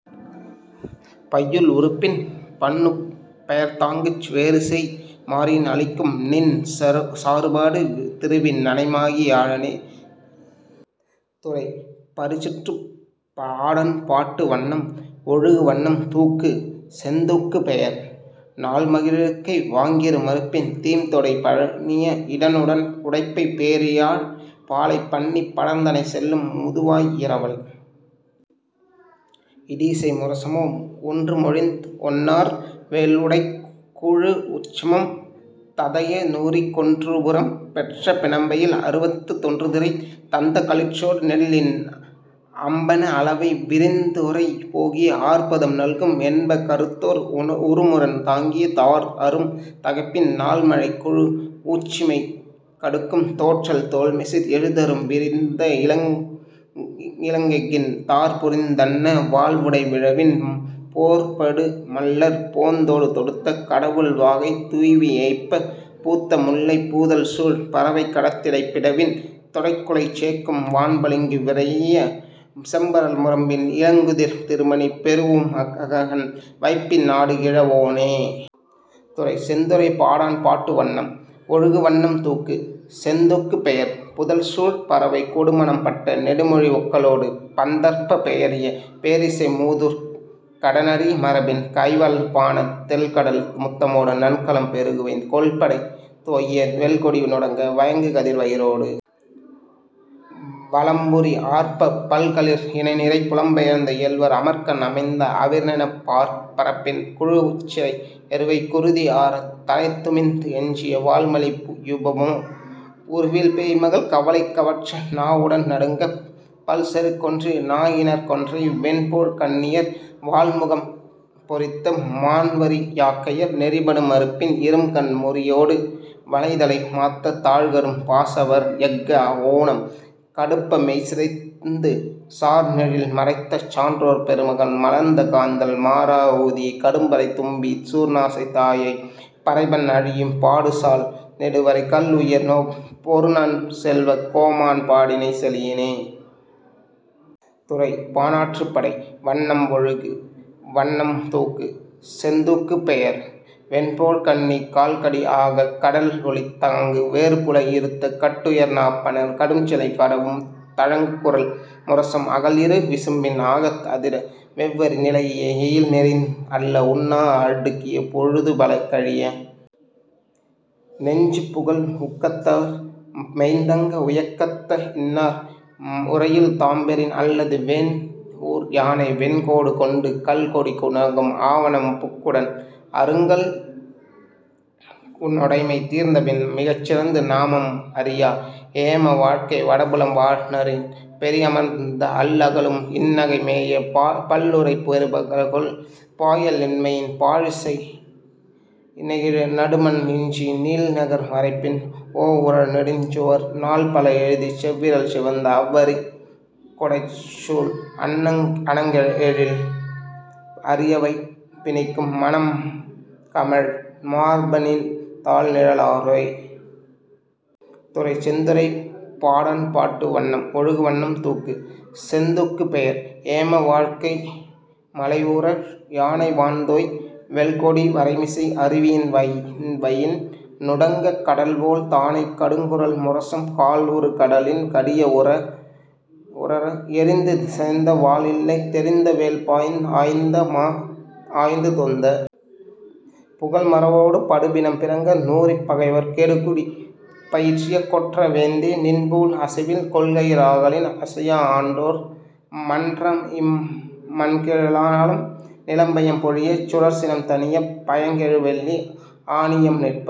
பையுள் உறுப்பின் பண்ணுப் பெயர்த்தாங்குச் வேறுசெய் மாரியின் அளிக்கும்நின் சாறுபடு திருவின் நனைமகி ழானே. துறை: பரிசிற்றுறைப் பாடாண்பாட்டு வண்ணம்: ஒழுகு வண்ணம் தூக்கு: செந்தூக்கு பெயர்: நாள்மகிழிருக்கை வாங்கிரு மருப்பின் தீம்தொடை பழுனிய இடன்உடைப் பேரியாழ் பாலை பண்ணிப் படர்ந்தனை செல்லும் முதுவாய் இரவல இடிஇசை முரசமொ ஒன்றுமொழிந் ஒன்னார் வேல்உடைக் குழூஉச்சமம் ததைய நூறிக் கொன்றுபுறம் பெற்ற பிணம்பயில் அழுவத்துத் தொன்றுதிறை தந்த களிற்றொடு நெல்லின் அம்பண அளவை விரிந்உறை போகிய ஆர்பதம் நல்கும் என்ப கறுத்தோர் உறுமுரண் தாங்கிய தார்அரும் தகைப்பின் நாள்மழைக் குழூஉச்சிமை கடுக்கும் தோன்றல் தோல்மிசைத் எழுதரும் விரிந்இலங் எஃகின் தார்புரிந் தன்ன வாள்உடை விழவின் போர்படு மள்ளர் போந்தொடு தொடுத்த கடவுள் வாகைத் துய்வீ ஏய்ப்பப் பூத்த முல்லைப் புதல்சூழ் பறவை கடத்திடைப் பிடவின் தொடைக்குலைச் சேக்கும் வான்பளிங்கு விரைஇய செம்பரல் முரம்பின் இலங்குகதிர்த் திருமணி பெறூஉம் அகன்கண் வைப்பின் நாடுகிழ வோனே. துறை: செந்துறைப் பாடாண்பாட்டு வண்ணம்: ஒழுகு வண்ணம் தூக்கு: செந்தூக்கு பெயர்: புதல்சூழ் பறவை கொடுமணம் பட்ட நெடுமொழி ஒக்கலொடு பந்தர்ப் பெயரிய பேரிசை மூதூர்க் கடன்அறி மரபின் கைவல் பாண தெள்கடல் முத்தமொடு நன்கலம் பெறுகுவை கொல்படை தொய வெல்கொடி நுடங்க வயங்குகதிர் வயிரொடு வலம்புரி ஆர்ப்பப் பல்களிற் இனநிரை புலம்பெயர்ந் இயல்வர அமர்க்கண் அமைந்த அவிர்நிணப் பரப்பின் குழூஉச்சிறை எருவை குருதி ஆரத் தலைதுமிந் எஞ்சிய வாள்மலி யூபமொ உருவில் பேய்மகள் கவலை கவற்ற நாஉடன் நடுங்கப் பல்செருக் கொன்று நாஇணர்க் கொன்றை வெண்போழ்க் கண்ணியர் வாள்முகம் பொறித்த மாண்வரி யாக்கையர் நெறிபடு மருப்பின் இரும்கண் மூரியொடு வளைதலை மாத்த தாழ்கரும் பாசவர் எஃஆ ஊனம் கடுப்பமெய் சிதைந்து சாந்எழில் மறைத்த சன்றோர் பெருமகன் மலர்ந்த காந்தள் மாறா ஊதிய கடும்பறைத் தும்பி சூர்நசைத் தாஅய்ப் பறைபண் அழியும் பாடுசால் நெடுவரைக் கல்உயர் நோப் பொருநன் செல்வக் கோமான் பாடினை செலினே. துறை: பாணாற்றுப்படை வண்ணம்: ஒழுகு வண்ணம் தூக்கு: செந்தூக்கு பெயர்: வெண்போழ்க்கண்ணி கால்கடிப் ஆகக் கடல்ஒலித் தாங்கு வேறுபுலத் இறுத்த கட்டூர் நாப்பண் கடும்சிலை கடவும் தழங்குகுரல் முரசம் அகல்இரு விசும்பின் ஆகத் அதிர வெவ்வரி நிலைஇய எயில்எறிந் அல்ல உண்ணா அடுக்கிய பொழுதுபல கழிய நெஞ்சுபுகல் ஊக்கத்தர் மெய்தயங் உயக்கத் இன்னார் உறையுள் தாம்பெறின் அல்லது வேந்ஊர் யானை வெண்கோடு கொண்டு கள்கொடி நுடங்கும் ஆவணம் புக்உடன் அருங்கள் நொடைமை தீர்ந்தபின் மகிழ்சிறந்து நாமம் அறியா ஏம வாழ்க்கை வடபுலம் வாழ்நரின் பெரிஅமர்ந் அல்கலும் இன்நகை மேய பல்உறை பெறுபகொல் பாயல் இன்மையின் பாசிழை ஞெகிழ நெடுமண் இஞ்சி நீள்நகர் வரைப்பின் ஓஉறழ் நெடும்சுவர் நாள்பல எழுதிச் செவ்விரல் சிவந்த அவ்வரிக் குடைச்சூல் அணங்எழில் அரிவையர்ப் பிணிக்கும் மணம்கமழ் மார்பநின் தாள்நிழ லோரே. துறை: செந்துறைப்பாடாண்பாட்டு வண்ணம்: ஒழுகு வண்ணம் தூக்கு: செந்தூக்கு பெயர்: ஏமவாழ்க்கை மலைஉறழ் யானை வான்தோய் வெல்கொடி வரைமிசை அருவியின் வயின்வயின் நுடங்கக் கடல்போல் தானைக் கடுங்குரல் முரசம் கால்உறு கடலின் கடிய உரற எறிந்துசிதைந்த வாள் இலை தெரிந்த வேல் பாய்ந்ஆய்ந்த மா ஆய்ந்துதொந்த புகல்மறவரொடு படுபிணம் பிறங்க நூறிப் பகைவர் கெடுகுடி பயிற்றிய கொற்ற வேந்தே நின்போல், அசைவில் கொள்கையர் ஆகலின் அசையா ஆண்டோ ர் மன்றஇம் மண்கெழு ஞாலம் நிலம்பயம் பொழியச் சுடர்சினம் தணியப் பயங்கெழு வெள்ளி ஆநியம் நிற்ப